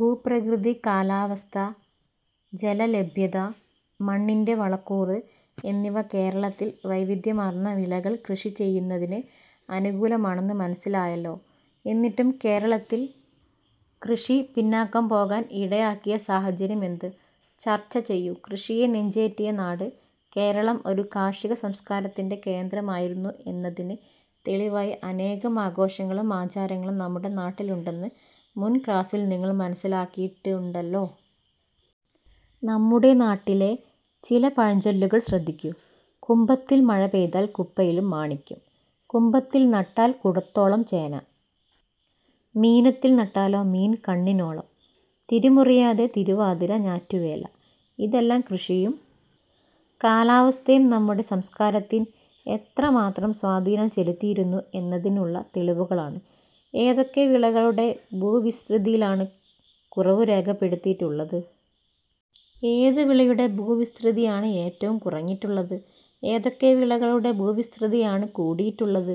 ഭൂപ്രകൃതി, കാലാവസ്ഥ, ജലലഭ്യത, മണ്ണിന്റെ വളക്കൂറ് എന്നിവ കേരളത്തിൽ വൈവിധ്യമാർന്ന വിളകൾ കൃഷി ചെയ്യുന്നതിന് അനുകൂലമാണെന്ന് മനസ്സിലായല്ലോ? എന്നിട്ടും കേരളത്തിൽ കൃഷി പിന്നാക്കം പോകാൻ ഇടയാക്കിയ സാഹചര്യം എന്ത്? ചർച്ച ചെയ്യൂ. കൃഷിയെ നെഞ്ചേറ്റിയ നാട് കേരളം ഒരു കാർഷികസംസ്കാരത്തിന്റെ കേന്ദ്രമായിരുന്നു എന്നതിന് തെളിവായി അനേകം ആഘോഷങ്ങളും ആചാരങ്ങളും നമ്മുടെ നാട്ടിലുണ്ടെന്ന് മുൻ ക്ലാസ്സിൽ നിങ്ങൾ മനസിലാക്കിയിട്ടുണ്ടല്ലോ. നമ്മുടെ നാട്ടിലെ ചില പഴഞ്ചൊല്ലുകൾ ശ്രദ്ധിക്കൂ. ""കുംഭത്തിൽ മഴ പെയ്താൽ കുപ്പയിലും മാണിക്യം', 'കുംഭത്തിൽ നട്ടാൽ കുടത്തോളം ചേന', ""മീനത്തിൽ നട്ടാലോ മീൻ കണ്ണിനോളം', 'തിരിമുറിയാതെ തിരുവാതിര ഞാറ്റുവേല... ' ഇതെല്ലാം കൃഷിയും കാലാവസ്ഥയും നമ്മുടെ സംസ്കാരത്തിൽ എത്രമാത്രം സ്വാധീനം ചെലുത്തിയിരുന്നു എന്നതിനുള്ള തെളിവുകളാണ്. ഏതൊക്കെ വിളകളുടെ ഭൂവിസ്തൃതിയിലാണ് കുറവ് രേഖപ്പെടുത്തിയിട്ടുള്ളത്? ഏതു വിളയുടെ ഭൂവിസ്തൃതിയാണ് ഏറ്റവും കുറഞ്ഞിട്ടുള്ളത്? ഏതൊക്കെ വിളകളുടെ ഭൂവിസ്തൃതിയാണ് കൂടിയിട്ടുള്ളത്?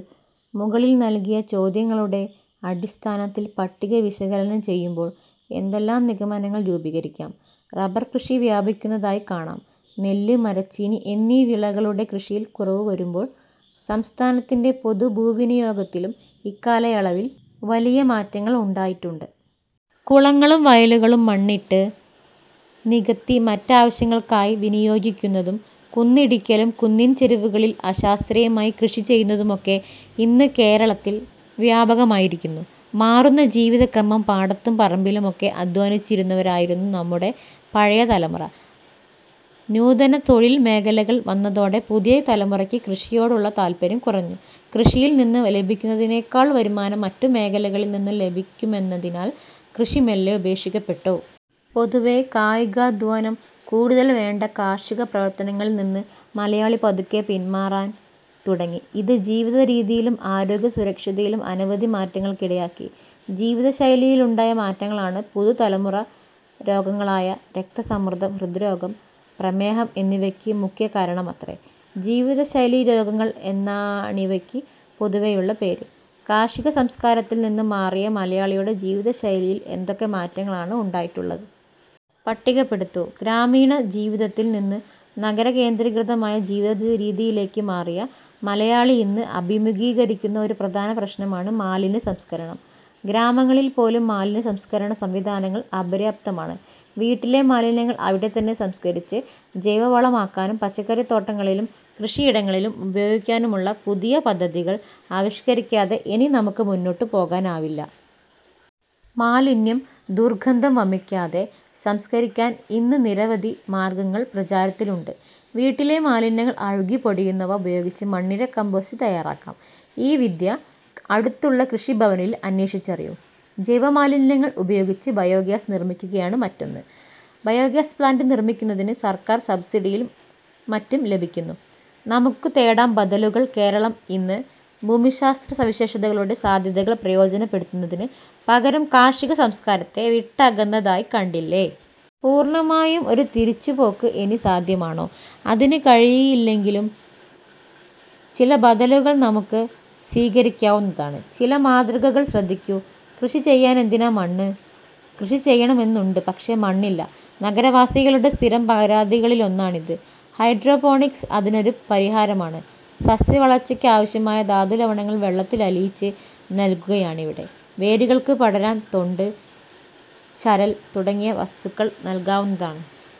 മുകളിൽ നൽകിയ ചോദ്യങ്ങളുടെ അടിസ്ഥാനത്തിൽ പട്ടിക വിശകലനം ചെയ്യുമ്പോൾ എന്തെല്ലാം നിഗമനങ്ങൾ രൂപീകരിക്കാം? റബർകൃഷി വ്യാപിക്കുന്നതായി കാണാം. നെല്ല്, മരച്ചീനി എന്നീ വിളകളുടെ കൃഷിയിൽ കുറവ് വരുമ്പോൾ സംസ്ഥാനത്തിന്റെ പൊതുഭൂവിനിയോഗത്തിലും ഇക്കാലയളവിൽ വലിയ മാറ്റങ്ങൾ ഉണ്ടായിട്ടുണ്ട്. കുളങ്ങളും വയലുകളും മണ്ണിട്ട് നികത്തി മറ്റാവശ്യങ്ങൾക്കായി വിനിയോഗിക്കുന്നതും കുന്നിടിക്കലും കുന്നിൻചരിവുകളിൽ അശാസ്ത്രീയമായി കൃഷി ചെയ്യുന്നതുമൊക്കെ ഇന്ന് കേരളത്തിൽ വ്യാപകമായിരിക്കുന്നു. മാറുന്ന ജീവിതക്രമം പാടത്തും പറമ്പിലുമൊക്കെ അദ്ധ്വാനിച്ചിരുന്നവരായിരുന്നു നമ്മുടെ പഴയ തലമുറ. നൂതന തൊഴിൽ മേഖലകൾ വന്നതോടെ പുതിയ തലമുറയ്ക്ക് കൃഷിയോടുള്ള താത്പര്യം കുറഞ്ഞു. കൃഷിയിൽ നിന്നു ലഭിക്കുന്നതിനേക്കാൾ വരുമാനം മറ്റു മേഖലകളിൽ നിന്നു ലഭിക്കുമെന്നതിനാൽ കൃഷി മെല്ലെ ഉപേക്ഷിക്കപ്പെട്ടു. പൊതുവെ കായികാധ്വാനം കൂടുതൽ വേണ്ട കാർഷിക പ്രവർത്തനങ്ങളിൽ നിന്ന് മലയാളി പതുക്കെ പിൻമാറാൻ തുടങ്ങി. ഇത് ജീവിതരീതിയിലും ആരോഗ്യസുരക്ഷതയിലും അനവധി മാറ്റങ്ങൾക്കിടയാക്കി. ജീവിതശൈലിയിലുണ്ടായ മാറ്റങ്ങളാണ് പുതുതലമുറരോഗങ്ങളായ രക്തസമ്മർദ്ദം, ഹൃദ്രോഗം, പ്രമേഹം എന്നിവയ്ക്ക് മുഖ്യ കാരണമത്രേ. ജീവിതശൈലീ രോഗങ്ങൾ എന്നാണിവയ്ക്ക് പൊതുവെയുള്ള പേര്. കാർഷികസംസ്കാരത്തിൽ നിന്ന് മാറിയ മലയാളിയുടെ ജീവിത ശൈലിയിൽ എന്തൊക്കെ മാറ്റങ്ങളാണ് ഉണ്ടായിട്ടുള്ളത്? പട്ടികപ്പെടുത്തു. ഗ്രാമീണ ജീവിതത്തിൽ നിന്നു നഗരകേന്ദ്രീകൃതമായ ജീവിതരീതിയിലേക്ക് മാറിയ മലയാളി ഇന്ന് അഭിമുഖീകരിക്കുന്ന ഒരു പ്രധാന പ്രശ്നമാണ് മാലിന്യസംസ്കരണം. ഗ്രാമങ്ങളിൽ പോലും മാലിന്യ സംസ്കരണസംവിധാനങ്ങൾ അപര്യാപ്തമാണ്. വീട്ടിലെ മാലിന്യങ്ങൾ അവിടെത്തന്നെ സംസ്കരിച്ച് ജൈവവളമാക്കാനും പച്ചക്കറിത്തോട്ടങ്ങളിലും കൃഷിയിടങ്ങളിലും ഉപയോഗിക്കാനുമുള്ള പുതിയ പദ്ധതികൾ ആവിഷ്ക്കരിക്കാതെ ഇനി നമുക്ക് മുന്നോട്ടു പോകാനാവില്ല. മാലിന്യം ദുർഗന്ധം വമിക്കാതെ സംസ്കരിക്കാൻ ഇന്ന് നിരവധി മാർഗ്ഗങ്ങൾ പ്രചാരത്തിലുണ്ട്. വീട്ടിലെ മാലിന്യങ്ങളിൽ അഴുകിപ്പൊടിയുന്നവ ഉപയോഗിച്ച് മണ്ണിര കമ്പോസ്റ്റ് തയ്യാറാക്കാം. ഈ വിദ്യ അടുത്തുള്ള കൃഷിഭവനിൽ അന്വേഷിച്ചറിയൂ. ജൈവമാലിന്യങ്ങൾ ഉപയോഗിച്ച് ബയോഗ്യാസ് നിർമ്മിക്കുകയാണ് മറ്റൊന്ന്. ബയോഗ്യാസ് പ്ലാന്റ് നിർമ്മിക്കുന്നതിന് സർക്കാർ സബ്സിഡിയും മറ്റും ലഭിക്കുന്നു. നമുക്കുതേടാം ബദലുകൾ കേരളം ഇന്ന് ഭൂമിശാസ്ത്ര സവിശേഷതകളുടെ സാധ്യതകൾ പ്രയോജനപ്പെടുത്തുന്നതിനു പകരം കാർഷിക സംസ്കാരത്തെ വിട്ടകന്നതായി കണ്ടില്ലേ? പൂർണമായും ഒരു തിരിച്ചുപോക്ക് ഇനി സാധ്യമാണോ? അതിനുകഴിയില്ലെങ്കിലും ചില ബദലുകൾ നമുക്ക് സ്വീകരിക്കാവുന്നതാണ്. ചില മാതൃകകൾ ശ്രദ്ധിക്കൂ. കൃഷി ചെയ്യാനെന്തിനാ മണ്ണ് കൃഷി ചെയ്യണമെന്നുണ്ട്, പക്ഷേ മണ്ണില്ല. നഗരവാസികളുടെ സ്ഥിരം പരാതികളിലൊന്നാണിത്. ഹൈഡ്രോ പോണിക്സ് അതിനൊരു പരിഹാരമാണ്. സസ്യവളർച്ചയ്ക്കാവശ്യമായ ധാതുലവണങ്ങൾ വെള്ളത്തിലലിയിച്ച് നൽകുകയാണിവിടെ. വേരുകൾക്ക് പടരാൻ തൊണ്ട്, ചരൽ തുടങ്ങിയ വസ്തു ക്കൾ നൽകാവുന്നതാണ്.